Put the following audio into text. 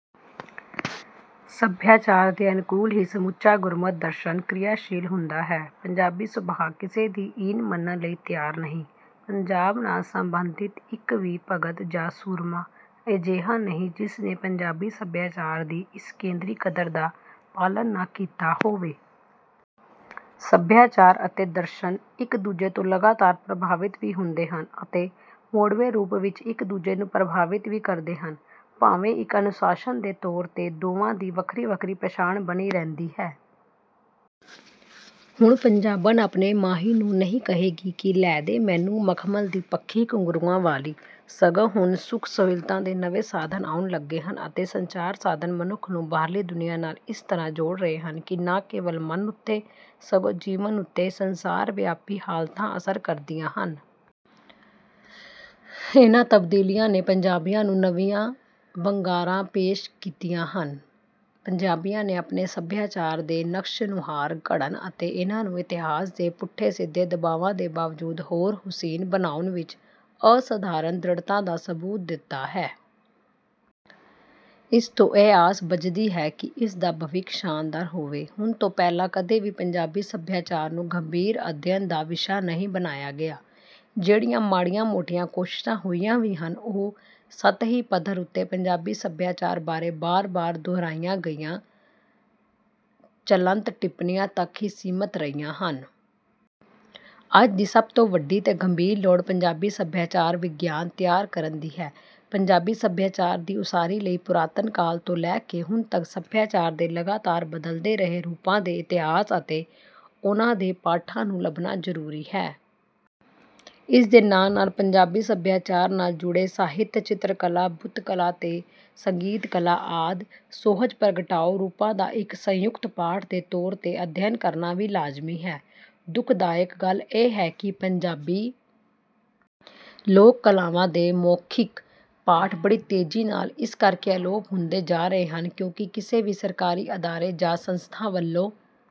ਸੱਭਿਆਚਾਰ ਦੇ ਅਨੁਕੂਲ ਹੀ ਸਮੁੱਚਾ ਗੁਰਮਤਿ ਦਰਸ਼ਨ ਕਿਰਿਆਸ਼ੀਲ ਹੁੰਦਾ ਹੈ। ਪੰਜਾਬੀ ਸੁਭਾਅ ਕਿਸੇ ਦੀ ਈਨ ਮੰਨਣ ਲਈ ਤਿਆਰ ਨਹੀਂ। ਪੰਜਾਬ ਨਾਲ ਸੰਬੰਧਿਤ ਇੱਕ ਵੀ ਭਗਤ ਜਾਂ ਸੂਰਮਾ ਅਜਿਹਾ ਨਹੀਂ ਜਿਸ ਨੇ ਪੰਜਾਬੀ ਸੱਭਿਆਚਾਰ ਦੀ ਇਸ ਕੇਂਦਰੀ ਕਦਰ ਦਾ ਪਾਲਣ ਨਾ ਕੀਤਾ ਹੋਵੇ। ਸੱਭਿਆਚਾਰ ਅਤੇ ਦਰਸ਼ਨ ਇੱਕ-ਦੂਜੇ ਤੋਂ ਲਗਾਤਾਰ ਪ੍ਰਭਾਵਿਤ ਵੀ ਹੁੰਦੇ ਹਨ ਅਤੇ ਮੋੜਵੇਂ ਰੂਪ ਵਿੱਚ ਇੱਕ-ਦੂਜੇ ਨੂੰ ਪ੍ਰਭਾਵਿਤ ਵੀ ਕਰਦੇ ਹਨ, ਭਾਵੇਂ ਇੱਕ ਅਨੁਸ਼ਾਸਨ ਦੇ ਤੌਰ 'ਤੇ ਦੋਵਾਂ ਦੀ ਵੱਖਰੀ-ਵੱਖਰੀ ਪਛਾਣ ਬਣੀ ਰਹਿੰਦੀ ਹੈ। ਹੁਣ ਪੰਜਾਬਣ ਆਪਣੇ ਮਾਹੀ ਨੂੰ ਨਹੀਂ ਕਹੇਗੀ ਕਿ, "ਲੈ ਦੇ ਮੈਨੂੰ ਮਖਮਲ ਦੀ ਪੱਖੀ ਘੁੰਗਰੂਆਂ ਵਾਲੀ।" ਸਗੋਂ ਹੁਣ ਸੁਖ-ਸਹੂਲਤਾਂ ਦੇ ਨਵੇਂ ਸਾਧਨ ਆਉਣ ਲੱਗੇ ਹਨ ਅਤੇ ਸੰਚਾਰ ਸਾਧਨ ਮਨੁੱਖ ਨੂੰ ਬਾਹਰਲੀ ਦੁਨੀਆ ਨਾਲ ਇਸ ਤਰ੍ਹਾਂ ਜੋੜ ਰਹੇ ਹਨ ਕਿ ਨਾ ਕੇਵਲ ਮਨ ਉੱਤੇ, ਸਗੋਂ ਜੀਵਨ ਉੱਤੇ ਸੰਸਾਰ-ਵਿਆਪੀ ਹਾਲਤਾਂ ਅਸਰ ਕਰਦੀਆਂ ਹਨ। ਇਹਨਾਂ ਤਬਦੀਲੀਆਂ ਨੇ ਪੰਜਾਬੀਆਂ ਨੂੰ ਨਵੀਆਂ ਵੰਗਾਰਾਂ ਪੇਸ਼ ਕੀਤੀਆਂ ਹਨ। ਪੰਜਾਬੀਆਂ ਨੇ ਆਪਣੇ ਸੱਭਿਆਚਾਰ ਦੇ ਨਕਸ਼-ਨੁਹਾਰ ਘੜਨ ਅਤੇ ਇਹਨਾਂ ਨੂੰ ਇਤਿਹਾਸ ਦੇ ਪੁੱਠੇ-ਸਿੱਧੇ ਦਬਾਵਾਂ ਦੇ ਬਾਵਜੂਦ ਹੋਰ ਹੁਸੀਨ ਬਣਾਉਣ ਵਿੱਚ ਅਸਾਧਾਰਨ ਦ੍ਰਿੜਤਾ ਦਾ ਸਬੂਤ ਦਿੱਤਾ ਹੈ। ਇਸ ਤੋਂ ਇਹ ਆਸ ਬੱਝਦੀ ਹੈ ਕਿ ਇਸ ਦਾ ਭਵਿੱਖ ਸ਼ਾਨਦਾਰ ਹੋਵੇ। ਹੁਣ ਤੋਂ ਪਹਿਲਾਂ ਕਦੇ ਵੀ ਪੰਜਾਬੀ ਸਭਿਆਚਾਰ ਨੂੰ ਗੰਭੀਰ ਅਧਿਐਨ ਦਾ ਵਿਸ਼ਾ ਨਹੀਂ ਬਣਾਇਆ ਗਿਆ। ਜਿਹੜੀਆਂ ਮਾੜੀਆਂ-ਮੋਟੀਆਂ ਕੋਸ਼ਿਸ਼ਾਂ ਹੋਈਆਂ ਵੀ ਹਨ, ਉਹ ਸਤਹੀ ਪੱਧਰ ਉੱਤੇ ਪੰਜਾਬੀ ਸਭਿਆਚਾਰ ਬਾਰੇ ਬਾਰ-ਬਾਰ ਦੁਹਰਾਈਆਂ ਗਈਆਂ ਚਲੰਤ ਟਿੱਪਣੀਆਂ ਤੱਕ ਹੀ ਸੀਮਿਤ ਰਹੀਆਂ ਹਨ। ਅੱਜ ਦੀ ਸਭ ਤੋਂ ਵੱਡੀ ਤੇ ਗੰਭੀਰ ਲੋੜ ਪੰਜਾਬੀ ਸਭਿਆਚਾਰ-ਵਿਗਿਆਨ ਤਿਆਰ ਕਰਨ ਦੀ ਹੈ। ਪੰਜਾਬੀ ਸਭਿਆਚਾਰ ਦੀ ਉਸਾਰੀ ਲਈ ਪੁਰਾਤਨ ਕਾਲ ਤੋਂ ਲੈ ਕੇ ਹੁਣ ਤੱਕ ਸਭਿਆਚਾਰ ਦੇ ਲਗਾਤਾਰ ਬਦਲਦੇ ਰਹੇ ਰੂਪਾਂ ਦੇ ਇਤਿਹਾਸ ਅਤੇ ਉਹਨਾਂ ਦੇ ਪਾਠਾਂ ਨੂੰ ਲੱਭਣਾ ਜ਼ਰੂਰੀ ਹੈ। ਇਸਦੇ ਨਾਲ-ਨਾਲ ਪੰਜਾਬੀ ਸਭਿਆਚਾਰ ਨਾਲ ਜੁੜੇ ਸਾਹਿਤ, ਚਿਤਰਕਲਾ, ਬੁੱਤਕਲਾ ਤੇ ਸੰਗੀਤ-ਕਲਾ ਆਦਿ ਸੁਹਜ ਪ੍ਰਗਟਾਊ ਰੂਪਾਂ ਦਾ ਇੱਕ ਸੰਯੁਕਤ ਪਾਠ ਦੇ ਤੌਰ 'ਤੇ ਅਧਿਐਨ ਕਰਨਾ ਵੀ ਲਾਜ਼ਮੀ ਹੈ। ਦੁਖਦਾਇਕ ਗੱਲ ਇਹ ਹੈ ਕਿ ਪੰਜਾਬੀ ਲੋਕ ਕਲਾਵਾਂ ਦੇ ਮੌਖਿਕ ਪਾਠ ਬੜੀ ਤੇਜ਼ੀ ਨਾਲ ਇਸ ਕਰਕੇ ਅਲੋਪ ਹੁੰਦੇ ਜਾ ਰਹੇ ਹਨ, ਕਿਉਂਕਿ ਕਿਸੇ ਵੀ ਸਰਕਾਰੀ ਅਦਾਰੇ ਜਾਂ ਸੰਸਥਾ ਵੱਲੋਂ